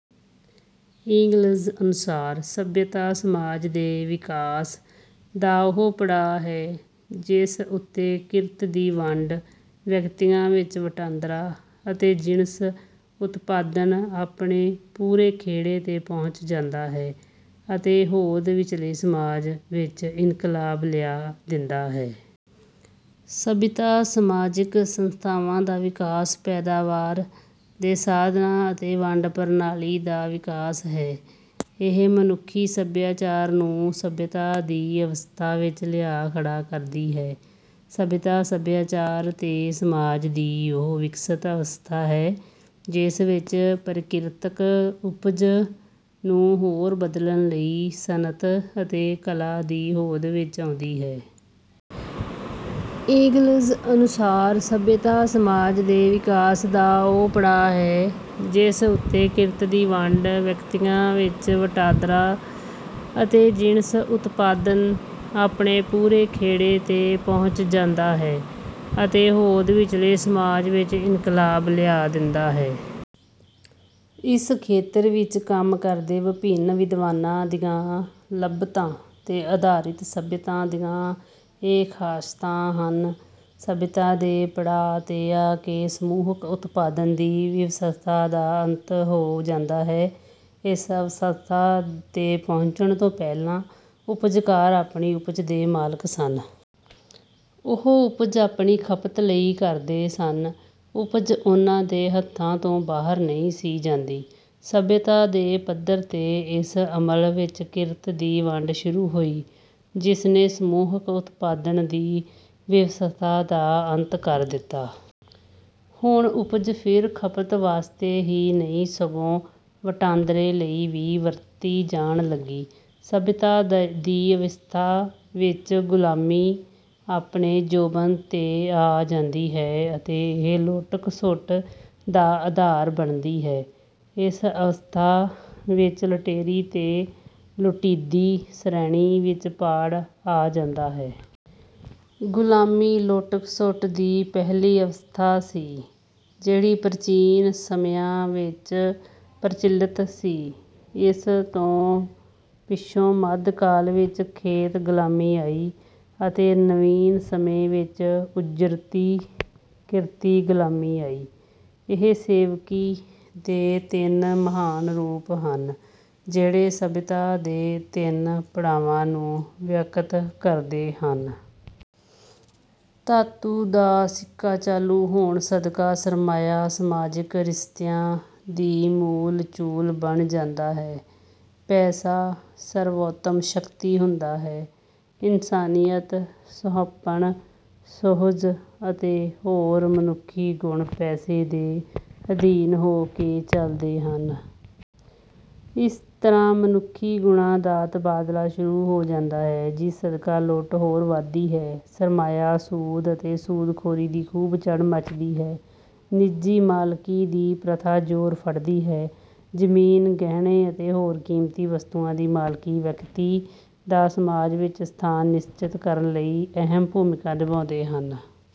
Engels ਅਨੁਸਾਰ: "ਸੱਭਿਅਤਾ ਸਮਾਜ ਦੇ ਵਿਕਾਸ ਦਾ ਉਹ ਪੜਾਅ ਹੈ, ਜਿਸ ਉੱਤੇ ਕਿਰਤ ਦੀ ਵੰਡ, ਵਿਅਕਤੀਆਂ ਵਿੱਚ ਵਟਾਂਦਰਾ ਅਤੇ ਜਿਣਸ ਉਤਪਾਦਨ ਆਪਣੇ ਪੂਰੇ ਖੇੜੇ ਤੇ ਪਹੁੰਚ ਜਾਂਦਾ ਹੈ ਅਤੇ ਹੋਂਦ ਵਿੱਚਲੇ ਸਮਾਜ ਵਿੱਚ ਇਨਕਲਾਬ ਲਿਆ ਦਿੰਦਾ ਹੈ।" ਸੱਭਿਅਤਾ ਸਮਾਜਕ ਸੰਸਥਾਵਾਂ ਦਾ ਵਿਕਾਸ, ਪੈਦਾਵਾਰ ਦੇ ਸਾਧਨਾਂ ਅਤੇ ਵੰਡ ਪ੍ਰਣਾਲੀ ਦਾ ਵਿਕਾਸ ਹੈ। ਇਹ ਮਨੁੱਖੀ ਸੱਭਿਆਚਾਰ ਨੂੰ ਸੱਭਿਅਤਾ ਦੀ ਅਵਸਥਾ ਵਿੱਚ ਲਿਆ ਖੜ੍ਹਾ ਕਰਦੀ ਹੈ। ਸੱਭਿਅਤਾ, ਸੱਭਿਆਚਾਰ ਤੇ ਸਮਾਜ ਦੀ ਉਹ ਵਿਕਸਤ ਅਵਸਥਾ ਹੈ ਜਿਸ ਵਿੱਚ ਪ੍ਰਕਿਰਤਕ ਉਪਜ ਨੂੰ ਹੋਰ ਬਦਲਣ ਲਈ ਸਨਅਤ ਅਤੇ ਕਲਾ ਦੀ ਹੋਂਦ ਵਿੱਚ ਆਉਂਦੀ ਹੈ। ਏਂਗਲਜ਼ ਅਨੁਸਾਰ ਸੱਭਿਅਤਾ ਸਮਾਜ ਦੇ ਵਿਕਾਸ ਦਾ ਉਹ ਪੜਾਅ ਹੈ, ਜਿਸ ਉੱਤੇ ਕਿਰਤ ਦੀ ਵੰਡ, ਵਿਅਕਤੀਆਂ ਵਿੱਚ ਵਟਾਂਦਰਾ ਅਤੇ ਜਿਣਸ ਉਤਪਾਦਨ ਆਪਣੇ ਪੂਰੇ ਖੇੜੇ ਤੇ ਪਹੁੰਚ ਜਾਂਦਾ ਹੈ ਅਤੇ ਹੋਂਦ ਵਿੱਚਲੇ ਸਮਾਜ ਵਿੱਚ ਇਨਕਲਾਬ ਲਿਆ ਦਿੰਦਾ ਹੈ। ਇਸ ਖੇਤਰ ਵਿੱਚ ਕੰਮ ਕਰਦੇ ਵਿਭਿੰਨ ਵਿਦਵਾਨਾਂ ਦੀਆਂ ਲੱਭਤਾਂ ਤੇ ਆਧਾਰਿਤ ਸੱਭਿਅਤਾ ਦੀਆਂ ਇਹ ਖਾਸਤਾਂ ਹਨ। ਸੱਭਿਅਤਾ ਦੇ ਪੜਾਅ ਤੇ ਆ ਕੇ ਸਮੂਹਕ ਉਤਪਾਦਨ ਦੀ ਵਿਵਸਥਾ ਦਾ ਅੰਤ ਹੋ ਜਾਂਦਾ ਹੈ। ਇਸ ਅਵਸਥਾ ਤੇ ਪਹੁੰਚਣ ਤੋਂ ਪਹਿਲਾਂ ਉਪਜਕਾਰ ਆਪਣੀ ਉਪਜ ਦੇ ਮਾਲਕ ਸਨ। ਉਹ ਉਪਜ ਆਪਣੀ ਖਪਤ ਲਈ ਕਰਦੇ ਸਨ। ਉਪਜ ਉਨ੍ਹਾਂ ਦੇ ਹੱਥਾਂ ਤੋਂ ਬਾਹਰ ਨਹੀਂ ਸੀ ਜਾਂਦੀ। ਸੱਭਿਅਤਾ ਦੇ ਪੱਧਰ ਤੇ ਇਸ ਅਮਲ ਵਿੱਚ ਕਿਰਤ ਦੀ ਵੰਡ ਸ਼ੁਰੂ ਹੋਈ, ਜਿਸਨੇ ਸਮੂਹਕ ਉਤਪਾਦਨ ਦੀ ਵਿਵਸਥਾ ਦਾ ਅੰਤ ਕਰ ਦਿੱਤਾ। ਹੁਣ ਉਪਜ ਫਿਰ ਖਪਤ ਵਾਸਤੇ ਹੀ ਨਹੀਂ, ਸਗੋਂ ਵਟਾਂਦਰੇ ਲਈ ਵੀ ਵਰਤੀ ਜਾਣ ਲੱਗੀ। ਸੱਭਿਅਤਾ ਦੀ ਅਵਸਥਾ ਵਿੱਚ ਗੁਲਾਮੀ ਆਪਣੇ ਜੋਬਨ ਤੇ ਆ ਜਾਂਦੀ ਹੈ ਅਤੇ ਇਹ ਲੁੱਟ-ਖਸੁੱਟ ਦਾ ਅਧਾਰ ਬਣਦੀ ਹੈ। ਇਸ ਅਵਸਥਾ ਵਿੱਚ ਲੁਟੇਰੀ ਅਤੇ ਲੁਟੀਂਦੀ ਸ਼੍ਰੇਣੀ ਵਿੱਚ ਪਾੜ ਆ ਜਾਂਦਾ ਹੈ। ਗੁਲਾਮੀ ਲੁੱਟ-ਖਸੁੱਟ ਦੀ ਪਹਿਲੀ ਅਵਸਥਾ ਸੀ, ਜਿਹੜੀ ਪ੍ਰਾਚੀਨ ਸਮਿਆਂ ਵਿੱਚ ਪ੍ਰਚਲਿਤ ਸੀ। ਇਸ ਤੋਂ ਪਿੱਛੋਂ ਮੱਧਕਾਲ ਵਿੱਚ ਖੇਤ-ਗੁਲਾਮੀ ਆਈ ਅਤੇ ਨਵੀਨ ਸਮੇਂ ਵਿੱਚ ਉਜਰਤੀ ਕਿਰਤੀ ਗੁਲਾਮੀ ਆਈ। ਇਹ ਸੇਵਕੀ ਦੇ ਤਿੰਨ ਮਹਾਨ ਰੂਪ ਹਨ, ਜਿਹੜੇ ਸੱਭਿਅਤਾ ਦੇ ਤਿੰਨ ਪੜਾਵਾਂ ਨੂੰ ਵਿਅਕਤ ਕਰਦੇ ਹਨ। ਧਾਤੂ ਦਾ ਸਿੱਕਾ ਚਾਲੂ ਹੋਣ ਸਦਕਾ ਸਰਮਾਇਆ ਸਮਾਜਕ ਰਿਸ਼ਤਿਆਂ ਦੀ ਮੂਲ ਚੂਲ ਬਣ ਜਾਂਦਾ ਹੈ। ਪੈਸਾ ਸਰਵੋਤਮ ਸ਼ਕਤੀ ਹੁੰਦਾ ਹੈ। ਇਨਸਾਨੀਅਤ, ਸੁਹੱਪਣ, ਸੁਹਜ ਅਤੇ ਹੋਰ ਮਨੁੱਖੀ ਗੁਣ ਪੈਸੇ ਦੇ ਅਧੀਨ ਹੋ ਕੇ ਚਲਦੇ ਹਨ। ਇਸ ਤਰ੍ਹਾਂ ਮਨੁੱਖੀ ਗੁਣਾਂ ਦਾ ਤਬਾਦਲਾ ਸ਼ੁਰੂ ਹੋ ਜਾਂਦਾ ਹੈ, ਜਿਸ ਸਦਕਾ ਲੁੱਟ ਹੋਰ ਵਧਦੀ ਹੈ। ਸਰਮਾਇਆ, ਸੂਦ ਅਤੇ ਸੂਦ-ਖੋਰੀ ਦੀ ਖੂਬ ਚੜ੍ਹ ਮੱਚਦੀ ਹੈ। ਨਿੱਜੀ ਮਾਲਕੀ ਦੀ ਪ੍ਰਥਾ ਜ਼ੋਰ ਫੜਦੀ ਹੈ। ਜ਼ਮੀਨ, ਗਹਿਣੇ ਅਤੇ ਹੋਰ ਕੀਮਤੀ ਵਸਤੂਆਂ ਦੀ ਮਾਲਕੀ ਵਿਅਕਤੀ ਦਾ ਸਮਾਜ ਵਿੱਚ ਸਥਾਨ ਨਿਸ਼ਚਿਤ ਕਰਨ ਲਈ ਅਹਿਮ ਭੂਮਿਕਾ ਨਿਭਾਉਂਦੇ ਹਨ।